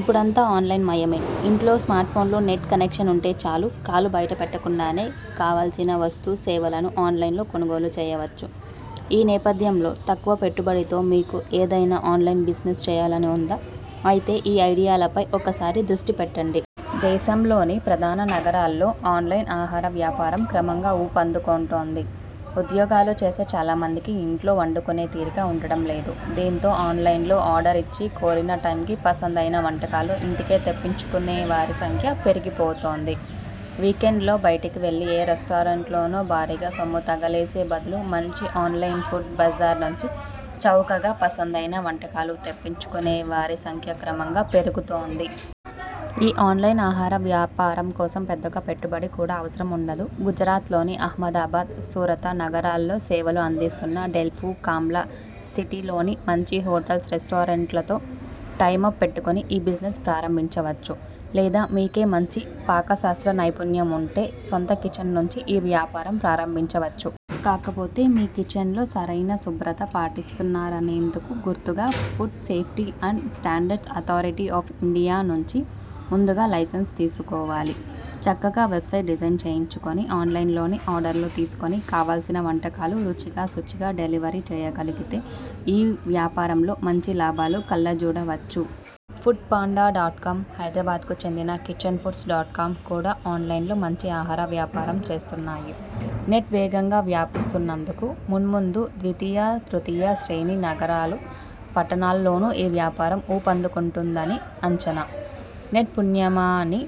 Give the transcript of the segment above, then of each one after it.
ఇపుడంతా online మయయే. ఇంట్లో ్మార్ట్ఫోన్లో నెట్ కనెక్షన్ ఉంటే చాలు. కాలు బయట పెట్టకుండానే కావలసిన వస్తు, సేవలను ఆన్లైన్లో కొనుగోలు చేయవచ్చు. ఈ నేపథ్యంలో తక్కువ పెట్టుబడితో మీకూ ఏదైనా ఆన్లైన్ బిజినెస్ చేయాలని ఉందా? అయితే ఈ ఐడియాలపై ఒక్కసారి దృష్టి పెట్టండి. దేశంలోని ప్రధాన నగరాల్లో ఆన్లైన్ ఆహార వ్యాపారం క్రమంగా ఊపందుకుంటోంది. ఉద్యోగాలు చేసే చాలా మందికి ఇంట్లో వండుకునే తీరిక ఉండడం లేదు. దీంతో ఆన్లైన్లో ఆర్డర్ ఇచ్చి కోరిన టైమ్కి పసందైన వంటకాలు ఇంటికే తెప్పించుకునే వారి సంఖ్య పెరిగిపోతోంది. వీకెండ్స్లో బయటికి వెళ్లి ఏ రెస్టారెంట్లోనో భారీగా సొమ్ము తగలేసే బదులు మంచి ఆన్లైన్ ఫుడ్ బజార్ నుంచి చౌకగా పసందైన వంటకాలు తెప్పించుకునే వారి సంఖ్య క్రమంగా పెరుగుతోంది. ఈ ఆన్లైన్ ఆహార వ్యాపారం కోసం పెద్దగా పెట్టుబడి కూడా అవసరం ఉండదు. గుజరాత్లోని అహ్మదాబాద్, సూరత నగరాల్లో సేవలు అందిస్తున్న డెల్ఫూ. కామ్లా సిటీలోని మంచి హోటల్స్, రెస్టారెంట్లతో టై అప్ పెట్టుకుని ఈ బిజినెస్ ప్రారంభించవచ్చు. లేదా మీకే మంచి పాకశాస్త్ర నైపుణ్యం ఉంటే సొంత కిచెన్ నుంచీ ఈ వ్యాపారం ప్రారంభించవచ్చు. కాకపోతే మీ కిచెన్లో సరైన శుభ్రత పాటిస్తున్నారనేందుకు గుర్తుగా food safety and standards authority of India నుంచి ముందుగా లైసెన్సు తీసుకోవాలి. చక్కగా వెబ్సైట్ డిజైన్ చేయించుకుని ఆన్లైన్లోనే ఆర్డర్లు తీసుకుని కావలసిన వంటకాలు రుచిగా, శుచిగా డెలివరీ చేయగలిగితే ఈ వ్యాపారంలో మంచి లాభాలు కళ్లజూడవచ్చు. ఫుడ్పాండా. కామ్, హైదరాబాద్కు చెందిన కిచెన్ఫుడ్స్. కామ్ కూడా ఆన్లైన్లో మంచి ఆహార వ్యాపారం చేస్తున్నాయి. నెట్ వేగంగా వ్యాపిస్తున్నందున మున్ముందు ద్వితీయ, తృతీయ శ్రేణి నగరాలు, పట్టణాల్లోనూ ఈ వ్యాపారం ఊపందుకుంటుందని అంచనా. నెట్ పుణ్యమాని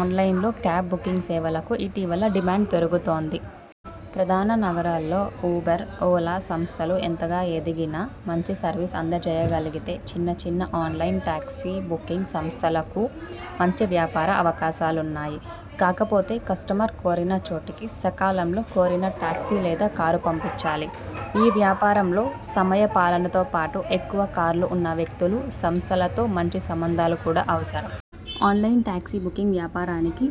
ఆన్లైన్ క్యాబ్ బుకింగ్ సేవలకూ ఇటీవల డిమాండ్ పెరుగుతోంది. ప్రధాన నగరాల్లో ఉబెర్, ఓలా సంస్థలు ఎంతగా ఎదిగినా మంచి సర్వీస్ అందజేయగలిగితే చిన్న చిన్న ఆన్లైన్ టాక్సీ బుకింగ్ సంస్థలకూ మంచి వ్యాపార అవకాశాలున్నాయి. కాకపోతే కస్టమర్ కోరిన చోటికి సకాలంలో కోరిన టాక్సీ లేదా కారు పంపించాలి. ఈ వ్యాపారంలో సమయ పాలనతోపాటు ఎక్కువ కార్లు ఉన్న వ్యక్తులు, సంస్థలతో మంచి సంబంధాలు కూడా అవసరం. ఆన్లైన్ టాక్సీ బుకింగ్ వ్యాపారానికి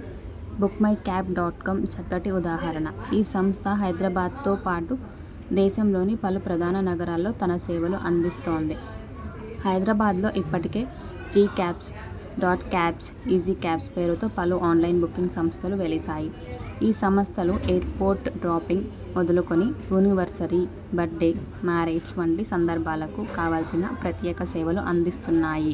బుక్మైక్యాబ్. కామ్ చక్కటి ఉదాహరణ. ఈ సంస్థ హైదరాబాద్తో పాటు దేశంలోని పలు ప్రధాన నగరాల్లో తన సేవలు అందిస్తోంది. హైదరాబాద్లో ఇప్పటికే జీక్యాబ్స్, డాట్క్యాబ్స్, ఈజీక్యాబ్స్ పేరుతో పలు అన్లైన్ బుకింగ్ సంస్థలు వెలిశాయి. ఈ సంస్థలు ఎయిర్పోర్టు డ్రాపింగ్ మొదలుకుని యానివర్సిరీ, బర్త్డే, మ్యారేజ్ వంటి సందర్భాలకూ కావలసిన ప్రత్యేక సేవలు అందిస్తున్నాయి.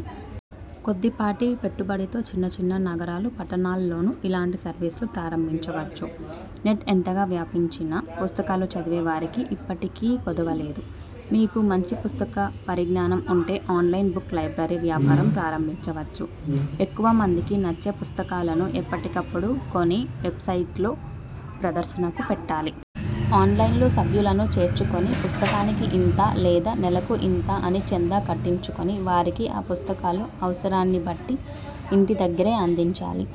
కొద్ది పాటి పెట్టుబడితో చిన్న చిన్న నగరాలు, పట్టణాల్లోనూ ఇలాంటి సర్వీసులు ప్రారభించవచ్చు. నెట్ ఎంతగా వ్యాపించినా పుస్తకాలు చదివే వారికి ఇప్పటికీ కొదవ లేదు. మీకు మంచి పుస్తక పరిజ్ఞానం ఉంటే ఆన్లైన్ బుక్ లైబ్రరీ వ్యాపారం ప్రారంభించవచ్చు. ఎక్కువ మందికి నచ్చే పుస్తకాలను ఎప్పటికపుడు కొని వెబ్సైట్లో ప్రదర్శనకు పెట్టాలి. ఆన్లైన్లో సభ్యులను చేర్చుకుని పుస్తకానికి ఇంత లేదా నెలకు ఇంత అని చందా కట్టించుకుని వారికి ఆ పుస్తకాలు అవసరాన్ని బట్టి ఇంటి దగ్గరే అందించాలి.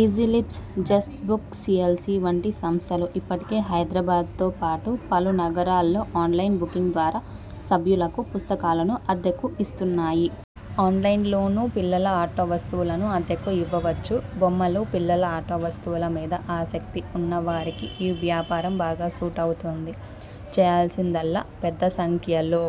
ఈజీలిబ్స్, జస్ట్బుక్స్సిఎల్సి వంటి సంస్థలు ఇప్పటికే హైదరాబాద్తోపాటు పలు నగరాల్లో ఆన్లైన్ బుకింగ్ ద్వారా సభ్యులకు పుస్తకాలను అద్దెకు ఇస్తున్నాయి. ఆన్లైన్లోనూ పిల్లల ఆట వస్తువులను అద్దెకు ఇవ్వవచ్చు. బొమ్మలు, పిల్లల ఆట వస్తువుల మీద ఆసక్తి ఉన్న వారికి ఈ వ్యాపారం బాగా సూటవుతుంది. చేయాల్సిందిల్లా పెద్ద సంఖ్యలో